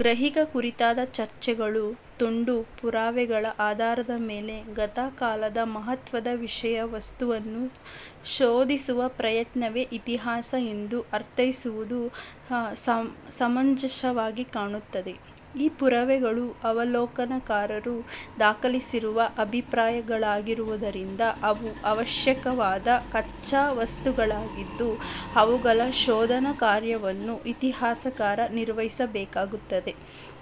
ಗ್ರಹಿಕೆ ಕುರಿತಾದ ಚರ್ಚೆಗಳು ತುಂಡು ಪುರಾವೆಗಳ ಆಧಾರದ ಮೇಲೆ ಗತಕಾಲದ ಮಹತ್ವದ ವಿಷಯ ವಸ್ತುವನ್ನು ಶೋಧಿಸುವ ಪ್ರಯತ್ನವೇ ಇತಿಹಾಸ ಎಂದು ಅರ್ಥೈಸುವುದು ಸಮಂಜಸವಾಗಿ ಕಾಣುತ್ತದೆ. ಈ ಪುರಾವೆಗಳು ಅವಲೋಕನಕಾರರು ದಾಖಲಿಸಿರುವ ಅಭಿಪ್ರಾಯಗಳಾಗಿರುವುದರಿಂದ, ಅವು ಅವಶ್ಯಕವಾದ ಕಚ್ಚಾವಸ್ತುಗಳಾಗಿದ್ದು, ಅವುಗಳ ಶೋಧನಾಕಾರ್ಯವನ್ನು ಇತಿಹಾಸಕಾರ ನಿರ್ವಹಿಸಬೇಕಾಗುತ್ತದೆ.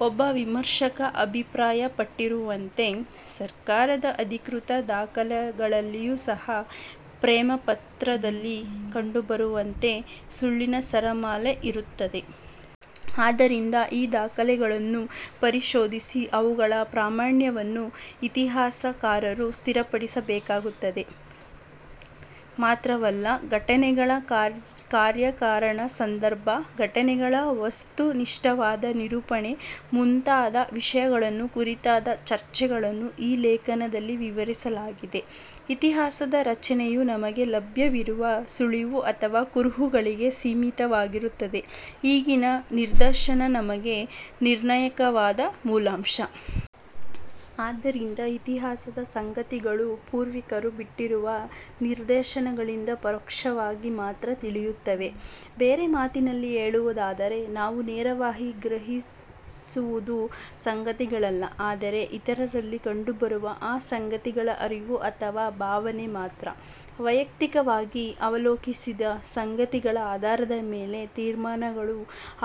ಒಬ್ಬ ವಿಮರ್ಶಕ ಅಭಿಪ್ರಾಯ ಪಟ್ಟಿರುವಂತೆ, ಸರ್ಕಾರದ ಅಧಿಕೃತ ದಾಖಲೆಗಳಲ್ಲಿಯೂ ಸಹ, ಪ್ರೇಮಪತ್ರದಲ್ಲಿ ಕಂಡುಬರುವಂತೆ, ಸುಳ್ಳಿನ ಸರಮಾಲೆ ಇರುತ್ತದೆ. ಆದ್ದರಿಂದ ಈ ದಾಖಲೆಗಳನ್ನು ಪರಿಶೋಧಿಸಿ ಅವುಗಳ ಪ್ರಾಮಾಣ್ಯವನ್ನು ಇತಿಹಾಸಕಾರರು ಸ್ಥಿರಪಡಿಸಬೇಕಾಗುತ್ತದೆ. ಮಾತ್ರವಲ್ಲ, ಘಟನೆಗಳ ಕಾರ್ಯಕಾರಣ ಸಂಬಂಧ, ಘಟನೆಗಳ ವಸ್ತುನಿಷ್ಠವಾದ ನಿರೂಪಣೆ ಮುಂತಾದ ವಿಷಯಗಳನ್ನು ಕುರಿತಾದ ಚರ್ಚೆಗಳನ್ನು ಈ ಲೇಖನದಲ್ಲಿ ವಿವರಿಸಲಾಗಿದೆ. ಇತಿಹಾಸದ ರಚನೆಯು ನಮಗೆ ಲಭ್ಯವಿರುವ ಸುಳಿವು ಅಥವಾ ಕುರುಹುಗಳಿಗೆ ಸೀಮಿತವಾಗಿರುತ್ತದೆ. ಈಗಿನ ನಿದರ್ಶನ ನಮಗೆ ನಿರ್ಣಾಯಕವಾದ ಮೂಲಾಂಶ. ಆದ್ದರಿಂದ ಇತಿಹಾಸದ ಸಂಗತಿಗಳು ಪೂರ್ವಿಕರು ಬಿಟ್ಟಿರುವ ನಿದರ್ಶನಗಳಿಂದ ಪರೋಕ್ಷವಾಗಿ ಮಾತ್ರ ತಿಳಿಯುತ್ತವೆ. ಬೇರೆ ಮಾತಿನಲ್ಲಿ ಹೇಳುವುದಾದರೆ ನಾವು ನೇರವಾಗಿ ಗ್ರಹಿಸುವುಚದು ಸಂಗತಿಗಳಲ್ಲ ಆದರೆ ಇತರರಲ್ಲಿ ಕಂಡುಬರುವ ಆ ಸಂಗತಿಗಳ ಅರಿವು ಅಥವ ಭಾವನೆ ಮಾತ್ರ. ವೈಯಕ್ತಿಕವಾಗಿ ಅವಲೋಕಿಸಿದ ಸಂಗತಿಗಳ ಆಧಾರದ ಮೇಲೆ ತೀರ್ಮಾನಗಳು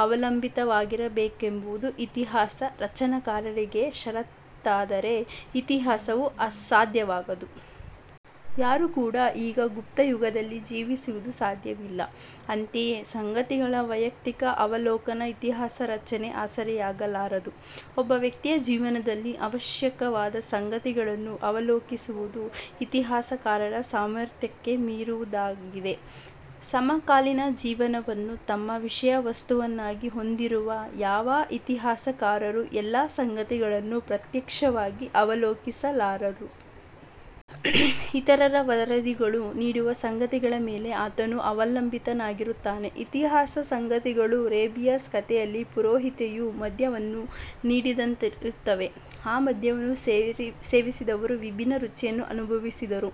ಅವಲಂಬಿತವಾಗಿರಬೇಕೆಂಬುದು ಇತಿಹಾಸ ರಚನಕಾರರಿಗೆ ಷರತ್ತಾದರೆ ಇತಿಹಾಸವು ಸಾಧ್ಯವಾಗದು. ಯಾರೂ ಕೂಡ ಈಗ ಗುಪ್ತಯುಗದಲ್ಲಿ ಜೀವಿಸುವುದು ಸಾಧ್ಯವಿಲ್ಲ. ಅಂತೆಯೇ ಸಂಗತಿಗಳ ವೈಯಕ್ತಿಕ ಅವಲೋಕನ ಇತಿಹಾಸ ರಚನೆಯ ಆಸರೆಯಾಗಲಾರದು. ಒಬ್ಬ ವ್ಯಕ್ತಿಯ ಜೀವನದ ಅವಶ್ಯಕವಾದ ಸಂಗತಿಗಳನ್ನು ಅವಲೋಕಿಸುವುದು ಇತಿಹಾಸಕಾರರ ಸಾಮರ್ಥ್ಯಕ್ಕೆ ಮೀರಿದುದಾಗಿದೆ. ಸಮಕಾಲೀನ ಜೀವನವನ್ನು ತಮ್ಮ ವಿಷಯ ವಸ್ತುವನ್ನಾಗಿ ಹೊಂದಿರುವ ಯಾವ ಇತಿಹಾಸಕಾರರೂ ಎಲ್ಲ ಸಂಗತಿಗಳನ್ನೂ ಪ್ರತ್ಯಕ್ಷವಾಗಿ ಅವಲೋಕಿಸಲಾರರು. ಇತರರ ವರದಿಗಳು ನೀಡುವ ಸಂಗತಿಗಳ ಮೇಲೆ ಆತನು ಅವಲಂಬಿತನಾಗಿರುತ್ತಾನೆ. ಇತಿಹಾಸದ ಸಂಗತಿಗಳು ರೆಬೆನಿಯಾಸ್ ಕಥೆಯಲ್ಲಿ ಪುರೋಹಿತೆಯು ಮದ್ಯವನ್ನು ನೀಡಿದಂತಿರುತ್ತವೆ. ಆ ಮದ್ಯವನ್ನು ಸೇವಿಸಿದವರು ವಿಭಿನ್ನ ರುಚಿಯನ್ನು ಅನುಭವಿಸಿದರು.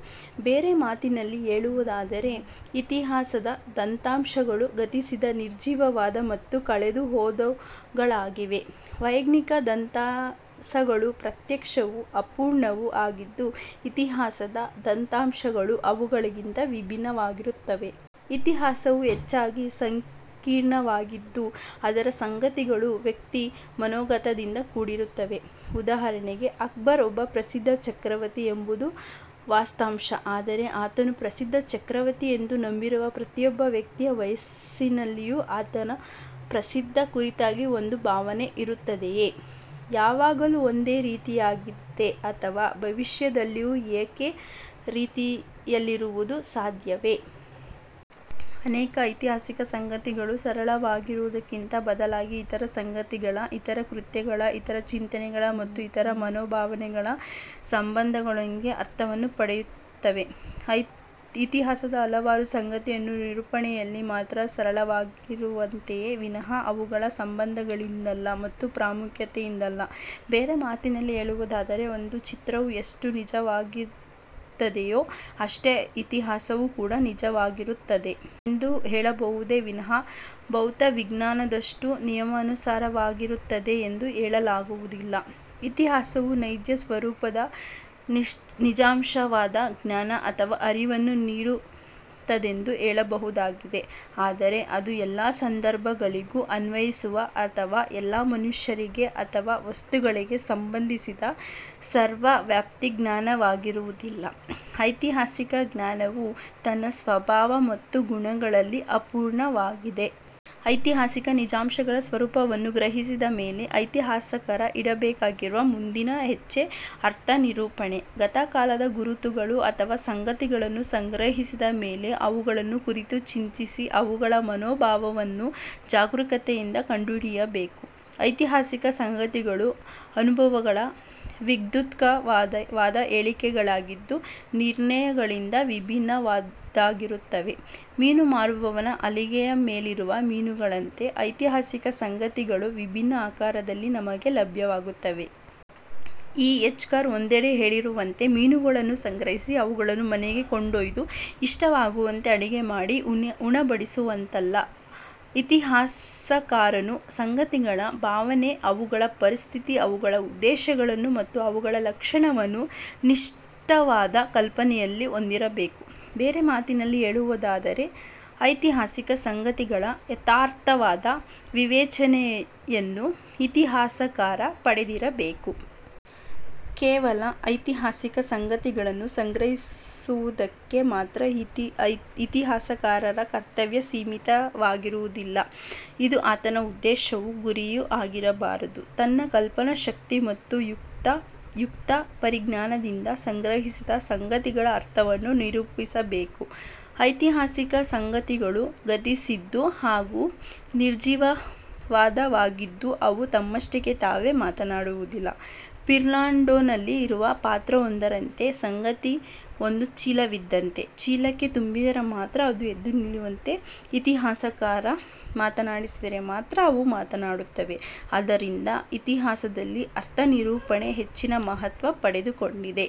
ಬೇರೆ ಮಾತಿನಲ್ಲಿ ಹೇಳುವುದಾದರೆ ಇತಿಹಾಸದ ದತ್ತಾಂಶಗಳು ಗತಿಸಿದ ನಿರ್ಜೀವವಾದ ಮತ್ತು ಕಳೆದುಹೋದವುಗಳಾಗಿವೆ. ವೈಜ್ಞಾನಿಕ ದತ್ತಾಂಸಗಳು ಪ್ರತ್ಯಕ್ಷವೂ, ಅಪೂರ್ಣವೂ ಆಗಿದ್ದು ಇತಿಹಾಸದ ದತ್ತಾಂಶಗಳು ಅವುಗಳಿಗಿಂತ ವಿಭಿನ್ನವಾಗಿರುತ್ತವೆ. ಇತಿಹಾಸವು ಹೆಚ್ಚಾಗಿ ಸಂಕೀರ್ಣವಾಗಿದ್ದು ಅದರ ಸಂಗತಿಗಳು ವ್ಯಕ್ತಿ ಮನೋಗತದಿಂದ ಕೂಡಿರುತ್ತವೆ. ಉದಾಹರಣೆಗೆ, ಅಕ್ಬರ್ ಒಬ್ಬ ಪ್ರಸಿದ್ದ ಚಕ್ರವರ್ತಿ ಎಂಬುದು ವಾಸ್ತವಾಂಶ. ಆದರೆ, ಆತನು ಪ್ರಸಿದ್ಧ ಚಕ್ರವರ್ತಿ ಎಂದು ನಂಬಿರುವ ಪ್ರತಿಯೊಬ್ಬ ವ್ಯಕ್ತಿಯ ಮನಸ್ಸಿನಲ್ಲಿಯೂ ಆತನ ಪ್ರಸಿದ್ಧಿ ಕುರಿತಾಗಿ ಒಂದೇ ಭಾವನೆ ಇರುತ್ತದೆಯೇ? ಯಾವಾಗಲೂ ಒಂದೇ ರೀತಿಯದಾಗಿತ್ತೆ, ಅಥವಾ ಭವಿಷ್ಯದಲ್ಲಿಯೂ ಏಕ ರೀತಿಯಲ್ಲಿರುವುದು ಸಾಧ್ಯವೇ? ಅನೇಕ ಐತಿಹಾಸಿಕ ಸಂಗತಿಗಳು ಸರಳವಾಗಿರುವುದಕ್ಕಿಂತ ಬದಲಾಗಿ ಇತರ ಸಂಗತಿಗಳ, ಇತರ ಕೃತ್ಯಗಳ, ಇತರ ಚಿಂತನೆಗಳ ಮತ್ತು ಇತರ ಮನೋಭಾವನೆಗಳ ಸಂಬಂಧಗಳೊಂದಿಗೆ ಅರ್ಥವನ್ನು ಪಡೆಯುತ್ತವೆ. ಇತಿಹಾಸದ ಹಲವಾರು ಸಂಗತಿಗಳು ನಿರೂಪಣೆಯಲ್ಲಿ ಮಾತ್ರ ಸರಳವಾಗಿರುತ್ತವೆಯೇ ವಿನಾ ಅವುಗಳ ಸಂಬಂಧಗಳಿಂದಲ್ಲ ಮತ್ತು ಪ್ರಾಮುಖ್ಯತೆಯಿಂದಲ್ಲ. ಬೇರೆ ಮಾತಿನಲ್ಲಿ ಹೇಳುವುದಾದರೆ, ಒಂದು ಚಿತ್ರವು ಎಷ್ಟು ನಿಜವಾದುದಾಗಿರುತ್ತದೆಯೋ ಅಷ್ಟೇ ಇತಿಹಾಸವೂ ಕೂಡ ನಿಜವಾದುದಾಗಿರುತ್ತದೆ. ಎಂದು ಹೇಳಬಹುದೇ ವಿನಾ ಭೌತವಿಜ್ಞಾನದಷ್ಟು ನಿಯಮಾನುಸಾರವಾಗಿರುತ್ತದೆಂದು ಹೇಳಲಾಗುವುದಿಲ್ಲ. ಇತಿಹಾಸವು ನೈಜ ಸ್ವರೂಪದ ನಿಸ್ಸಂಶಯವಾದ ಜ್ಞಾನ ಅಥವಾ ಅರಿವನ್ನು ನೀಡುತ್ತದೆಂದು ಹೇಳಬಹುದಾಗಿದೆ. ಆದರೆ ಅದು ಎಲ್ಲ ಸಂದರ್ಭಗಳಿಗೂ ಅನ್ವಯಿಸುವ ಅಥವ ಎಲ್ಲ ಮನುಷ್ಯರಿಗೆ ಅಥವಾ ವಸ್ತುಗಳಿಗೆ ಸಂಬಂಧಿಸಿದ, ಸರ್ವವ್ಯಾಪಿ ಜ್ಞಾನವಾಗಿರುವುದಿಲ್ಲ. ಐತಿಹಾಸಿಕ ಜ್ಞಾನವು ತನ್ನ ಸ್ವಭಾವ ಮತ್ತು ಗುಣಗಳಲ್ಲಿ ಅಪೂರ್ಣವಾಗಿದೆ. ಐತಿಹಾಸಿಕ ನಿಜಾಂಶಗಳ ಸ್ವರೂಪವನ್ನು ಗ್ರಹಿಸಿದ ಮೇಲೆ ಇತಿಹಾಸಕಾರ ಇಡಬೇಕಾಗಿರುವ ಮುಂದಿನ ಹೆಜ್ಜೆ ಅರ್ಥನಿರೂಪಣೆ. ಗತಕಾಲದ ಗುರುತುಗಳು ಅಥವ ಸಂಗತಿಗಳನ್ನು ಸಂಗ್ರಹಿಸಿದ ಮೇಲೆ ಅವುಗಳನ್ನು ಕುರಿತು ಚಿಂತಿಸಿ ಅವುಗಳ ಮನೋಭಾವವನ್ನು ಜಾಗರೂಕತೆಯಿಂದ ಕಂಡುಹಿಡಿಯಬೇಕು. ಐತಿಹಾಸಿಕ ಸಂಗತಿಗಳು ಅನುಭವಗಳ ವಿಧ್ಯುಕ್ತವಾದ ಹೇಳಿಕೆಗಳಾಗಿದ್ದು ನಿರ್ಣಯಗಳಿಗಿಂತ ಭಿನ್ನವಾದುದಾಗಿರುತ್ತವೆ. ಮೀನು ಮಾರುವವನ ಹಲಗೆಯ ಮೇಲಿರುವ ಮೀನುಗಳಂತೆ ಐತಿಹಾಸಿಕ ಸಂಗತಿಗಳು ವಿಭಿನ್ನ ಆಕಾರಗಳಲ್ಲಿ ನಮಗೆ ಲಭ್ಯವಾಗುತ್ತವೆ. ಇ. ಎಚ್. ಕಾರ್ ಒಂದೆಡೆ ಹೇಳಿರುವಂತೆ, ಮೀನುಗಳನ್ನು ಸಂಗ್ರಹಿಸಿ, ಅವುಗಳನ್ನು ಮನೆಗೆ ಕೊಂಡೊಯ್ದು ಇಷ್ಟವಾಗುವಂತೆ ಅಡಿಗೆ ಮಾಡಿ ಉಣಬಡಿಸುವಂತಲ್ಲ ಇತಿಹಾಸಕಾರನು ಸಂಗತಿಗಳ ಭಾವನೆ ಅವುಗಳ ಪರಿಸ್ಥಿತಿ ಅವುಗಳ ಉದ್ದೇಶಗಳು ಮತ್ತು ಅವುಗಳು ಲಕ್ಷಣಗಳ ನಿಷ್ಕೃಷ್ಟವಾದ ಕಲ್ಪನೆಯನ್ನು ಹೊಂದಿರಬೇಕು. ಬೇರೆ ಮಾತಿನಲ್ಲಿ ಹೇಳುವುದಾದರೆ. ಐತಿಹಾಸಿಕ ಸಂಗತಿಗಳ ಯಥಾರ್ಥ ವಾದ ವಿವೇಚನೆಯನ್ನು ಇತಿಹಾಸಕಾರ ಪಡೆದಿರಬೇಕು. ಕೇವಲ ಐತಿಹಾಸಿಕ ಸಂಗತಿಗಳನ್ನು ಸಂಗ್ರಹಿಸುವುದಕ್ಕೆ ಮಾತ್ರ ಇತಿಹಾಸಕಾರನ ಕರ್ತವ್ಯ ಸೀಮಿತವಾಗಿರುವುದಿಲ್ಲ. ಇದು ಆತನ ಉದ್ದೇಶವೂ, ಗುರಿಯೂ ಆಗಿರಬಾರದು. ತನ್ನ ಕಲ್ಪನಾಶಕ್ತಿ ಮತ್ತು ಯುಕ್ತಾಯುಕ್ತ ಪರಿಜ್ಞಾನದಿಂದ ಸಂಗ್ರಹಿಸಿದ ಸಂಗತಿಗಳ ಅರ್ಥವನ್ನು ನಿರೂಪಿಸಬೇಕು. ಐತಿಹಾಸಿಕ ಸಂಗತಿಗಳು ಗತಿಸಿದ್ದು ಹಾಗೂ ನಿರ್ಜೀವವಾದವಾಗಿದ್ದು ಅವು ತಮ್ಮಷ್ಟಿಗೆ ತಾವೇ ಮಾತನಾಡುವುದಿಲ್ಲ. ಪಿರಾಂಡಲ್ಲೊನಲ್ಲಿ ಬರುವ ಪಾತ್ರವೊಂದರಂತೆ, ಸಂಗತಿ ಒಂದು ಚೀಲವಿದ್ದಂತೆ ಚೀಲಕ್ಕೆ ತುಂಬಿದರೆ ಮಾತ್ರ ಅದು ಎದ್ದು ನಿಲ್ಲುವಂತೆ ಇತಿಹಾಸಕಾರ ಮಾತನಾಡಿಸಿದರೆ ಮಾತ್ರ ಅವು ಮಾತನಾಡುತ್ತವೆ. ಆದ್ದರಿಂದ ಇತಿಹಾಸದಲ್ಲಿ ಅರ್ಥನಿರೂಪಣೆ ಹೆಚ್ಚಿನ ಮಹತ್ವ ಪಡೆದುಕೊಂಡಿದೆ.